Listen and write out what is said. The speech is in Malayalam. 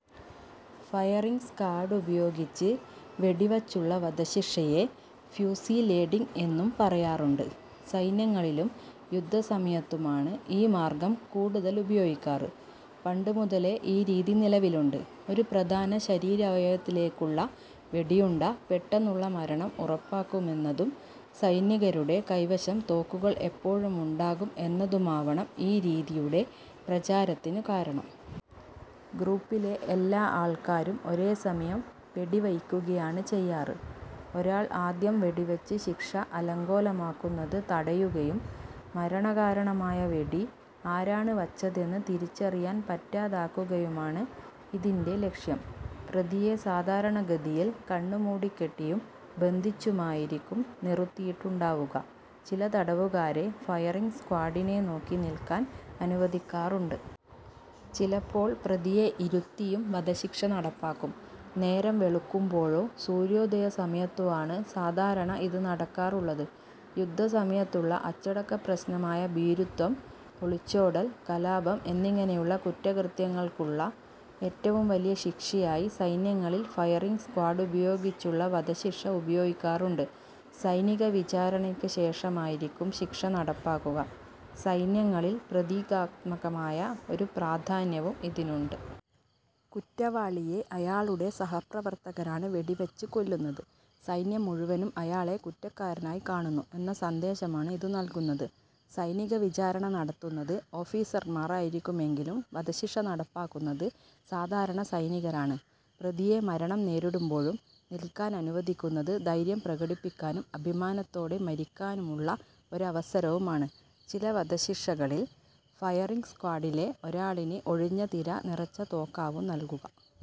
ഫയറിംഗ് സ്ക്വാഡുപയോഗിച്ച് വെടിവച്ചുള്ള വധശിക്ഷയെ ഫ്യൂസിലേഡിങ് എന്നും പറയാറുണ്ട്. സൈന്യങ്ങളിലും യുദ്ധസമയത്തുമാണ് ഈ മാർഗ്ഗം കൂടുതലുപയോഗിക്കാറ്. പണ്ടു മുതലേ ഈ രീതി നിലവിലുണ്ട്. ഒരു പ്രധാന ശരീരാവയവത്തിലേയ്ക്കുള്ള വെടിയുണ്ട പെട്ടെന്നുള്ള മരണം ഉറപ്പാക്കുമെന്നതും സൈനികരുടെ കൈവശം തോക്കുകൾ എപ്പോഴുമുണ്ടാകും എന്നതുമാവണം ഈ രീതിയുടെ പ്രചാരത്തിനു കാരണം. ഗ്രൂപ്പിലെ എല്ലാ ആൾക്കാരും ഒരേ സമയം വെടി വയ്ക്കുകയാണ് ചെയ്യാറ്. ഒരാൾ ആദ്യം വെടിവച്ച് ശിക്ഷ അലങ്കോലമാക്കുന്നത് തടയുകയും മരണകാരണമായ വെടി ആരാണ് വച്ചതെന്ന് തിരിച്ചറിയാൻ പറ്റാതാക്കുകയുമാണ് ഇതിന്റെ ലക്ഷ്യം. പ്രതിയെ സാധാരണഗതിയിൽ കണ്ണു മൂടിക്കെട്ടിയും ബന്ധിച്ചുമായിരിക്കും നിറുത്തിയിട്ടുണ്ടാവുക. ചില തടവുകാരെ ഫയറിംഗ് സ്ക്വാഡിനെ നോക്കി നിൽക്കാൻ അനുവദിക്കാറുണ്ട്. ചിലപ്പോൾ പ്രതിയെ ഇരുത്തിയും വധശിക്ഷ നടപ്പാക്കും. നേരം വെളുക്കുമ്പോഴോ സൂര്യോദയസമയത്തോ ആണ് സാധാരണ ഇത് നടക്കാറുള്ളത്. യുദ്ധസമയത്തുള്ള അച്ചടക്കപ്രശ്നമായ ഭീരുത്വം, ഒളിച്ചോടൽ, കലാപം എന്നിങ്ങനെയുള്ള കുറ്റകൃത്യങ്ങൾക്കുള്ള ഏറ്റവും വലിയ ശിക്ഷയായി സൈന്യങ്ങളിൽ ഫയറിംഗ് സ്ക്വാഡുപയോഗിച്ചുള്ള വധശിക്ഷ ഉപയോഗിക്കാറുണ്ട്. സൈനിക വിചാരണയ്ക്ക് ശേഷമായിരിക്കും ശിക്ഷ നടപ്പാക്കുക. സൈന്യങ്ങളിൽ പ്രതീകാത്മകമായ ഒരു പ്രാധാന്യവും ഇതിനുണ്ട്. കുറ്റവാളിയെ അയാളുടെ സഹപ്രവർത്തകരാണ് വെടിവച്ച് കൊല്ലുന്നത്. സൈന്യം മുഴുവനും അയാളെ കുറ്റക്കാരനായി കാണുന്നു എന്ന സന്ദേശമാണ് ഇതു നൽകുന്നത്. സൈനിക വിചാരണ നടത്തുന്നത് ഓഫീസർമാരായിരിക്കുമെങ്കിലും വധശിക്ഷ നടപ്പാക്കുന്നത് സാധാരണ സൈനികരാണ്. പ്രതിയെ മരണം നേരിടുമ്പോഴും നിൽക്കാനനുവദിക്കുന്നത് ധൈര്യം പ്രകടിപ്പിക്കാനും അഭിമാനത്തോടെ മരിക്കാനുമുള്ള ഒരവസരവുമാണ്. ചില വധശിക്ഷകളിൽ ഫയറിംഗ് സ്ക്വാഡിലെ ഒരാളിന് ഒഴിഞ്ഞ തിര നിറച്ച തോക്കാവും നൽകുക.